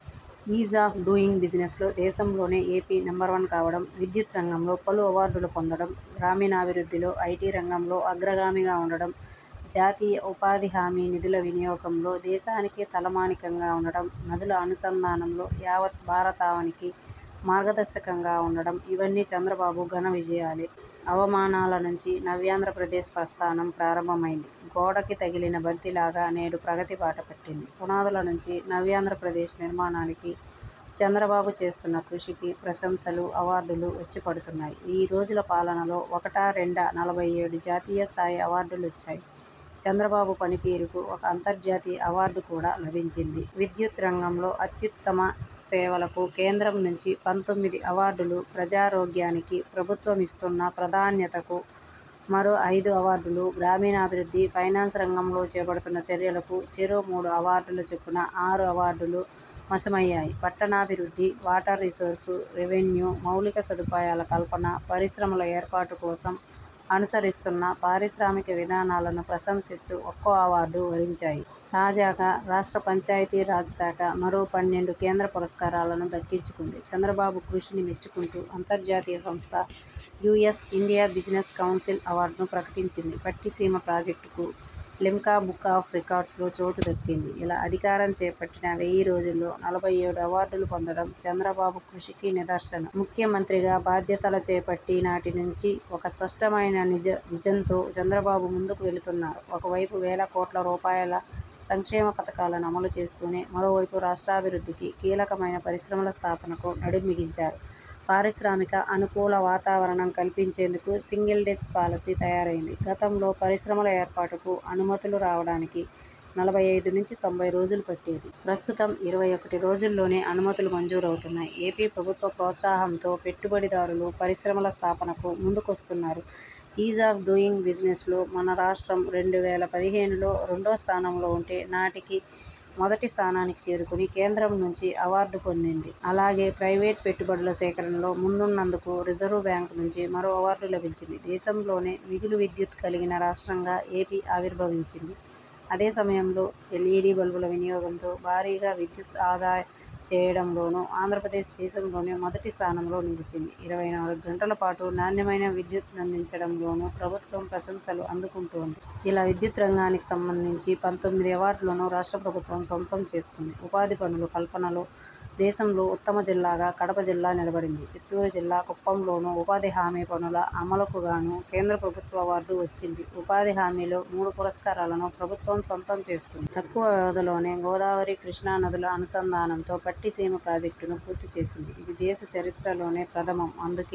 Is of doing business లో దేశంలోనే AP number one కావడం, విద్యుత్ రంగంలో పలు అవార్డుల పొందడం, గ్రామీణాభివృద్ధిలో, ఐటీ రంగంలో అగ్రగామిగా ఉండడం, జాతీయ ఉపాధి హామీ నిధుల వినియోగంలో దేశానికే తలమానికంగా ఉండడం, నదుల అనుసంధానంలో యావత్తు భారతావనికి మార్గదర్శకంగా ఉండడం ఇవన్నీ చంద్రబాబు ఘన విజయాలే. అవమానాల నుంచి నవ్యాంధ్రప్రదేశ్ ప్రస్థానం ప్రారంభమైంది. గోడకి తగిలిన బంతిలాగా నేడు ప్రగతి బాట పట్టింది. పునాదుల నుంచి నవ్యాంధ్రప్రదేశ్ నిర్మాణానికి చంద్రబాబు చేస్తున్న కృషికి ప్రశంసలు, అవార్డులు వచ్చిపడుతున్నాయి. వెయ్యి రోజుల పాలనలో ఒకటా రెండా నలభై ఏడు జాతీయస్థాయి అవార్డులొచ్చాయి. చంద్రబాబు పనితీరుకు ఒక అంతర్జాతీయ అవార్డు కూడా లభించింది. విద్యుత్ రంగంలో అత్యుత్తుమ సేవలకు కేంద్రం నుంచి పంతొమ్మిది అవార్డులు, ప్రజారోగ్యానికి ప్రభుత్వమిస్తున్న ప్రాధాన్యతకు మరో ఐదు అవార్డులు, గ్రామీణాభివృద్ధి, ఫైనాన్స్ రంగంలో చేపడుతున్న చర్యలకు చెరో మూడు అవార్డుల చొప్పున ఆరు అవార్డులూ వశమయ్యాయి. పట్టణాభివృద్ధి, వాటర్ రిసోర్స్, రెవెన్యూ, మౌలిక సదుపాయాల కల్పన, పరిశ్రమల ఏర్పాటు కోసం అనుసరిస్తున్న పారిశ్రామిక విధానాలను ప్రశంసిస్తూ ఒక్కో అవార్డు వరించాయి. తాజాగా రాష్ట్ర పంచాయతీ రాజ్ శాఖ మరో పన్నెండు కేంద్ర పురస్కారాలను దక్కించుకుంది. చంద్రబాబు కృషిని మెచ్చుకుంటూ అంతర్జాతీయ సంస్థ యూఎస్ ఇండియా బిజినెస్ కౌన్సిల్ అవార్డును ప్రకటించింది. పట్టిసీమ ప్రాజెక్టుకు లిమ్కా బుక్ ఆఫ్ రికార్డ్సులో చోటు దక్కింది. ఇలా అధికారం చేపట్టిన వెయ్యి రోజుల్లో నలభై ఏడు అవార్డులు పొందడం చంద్రబాబు కృషికి నిదర్శనం. ముఖ్యమంత్రిగా బాధ్యతల చేపట్టి నాటినుంచి ఒక స్పష్టమైన విజన్తో చంద్రబాబు ముందుకు వెళుతున్నారు. ఒకవైపు వేలకోట్ల రూపాయల సంక్షేమ పథకాలను అమలు చేస్తూనే, మరోవైపు రాష్ట్రాభివృద్ధికి కీలకమైన పరిశ్రమల స్థాపనకు నడుంబిగించారు. పారిశ్రామిక అనుకూల వాతావరణం కల్పించేందుకు సింగిల్ డెస్క్ పాలసీ తయారైంది. గతంలో పరిశ్రమల ఏర్పాటుకు అనుమతులు రావడానికి నలభై ఐదు నుంచి తొంభై రోజులు పట్టేది. ప్రస్తుతం ఇరవై ఒకటి రోజుల్లోనే అనుమతులు మంజూరవుతున్నాయి. ఏపీ ప్రభుత్వ ప్రోత్సాహంతో పెట్టుబడిదారులు పరిశ్రమల స్థాపనకు ముందుకొస్తున్నారు. ఈజ్ ఆఫ్ డూయింగ్ బిజినెస్లో మన రాష్ట్రం రెండు వేల పదిహేనులో రెండో స్థానంలో ఉంటే, నాటికి మొదటి స్థానానికి చేరుకుని కేంద్రం నుంచి అవార్డు పొందింది. అలాగే, ప్రైవేటు పెట్టుబడుల సేకరణలో ముందున్నందుకు రిజర్వు బ్యాంకు నుంచి మరో అవార్డు లభించింది. దేశంలోనే మిగులు విద్యుత్ కలిగిన రాష్ట్రంగా ఏపీ ఆవిర్భవించింది. అదే సమయంలో ఎల్ఈడీ బల్బుల వినియోగంతో భారీగా విద్యుత్ ఆదా చేయడంలోనూ ఆంధ్రప్రదేశ్ దేశంలోనే మొదటి స్థానంలో నిలిచించింది. ఇరవై నాలుగు గంటల పాటు నాణ్యమైన విద్యుత్తునందించడంలోనూ ప్రభుత్వం ప్రశంసలు అందుకుంటోంది. ఇలా విద్యుత్ రంగానికి సంబంధించి పంతొమ్మిది అవార్డులను రాష్ట్ర ప్రభుత్వం సొంతం చేసుకుంది. ఉపాధి పనుల కల్పనలో దేశంలో ఉత్తమ జిల్లాగా కడప జిల్లా నిలబడింది. చిత్తూరు జిల్లా కుప్పంలోనూ ఉపాధి హామీ పనుల అమలుకుగాను కేంద్ర ప్రభుత్వ అవార్డు వచ్చింది. ఉపాధి హామీలో మూడు పురస్కారాలను ప్రభుత్వం సొంతం చేసుకుంది. తక్కువ వ్యవధిలోనే గోదావరి, కృష్ణా నదుల అనుసంధానంతో పట్టిసీమ ప్రాజెక్టును పూర్తి చేసింది. ఇది దేశ చరిత్రలోనే ప్రథమం. అందుకే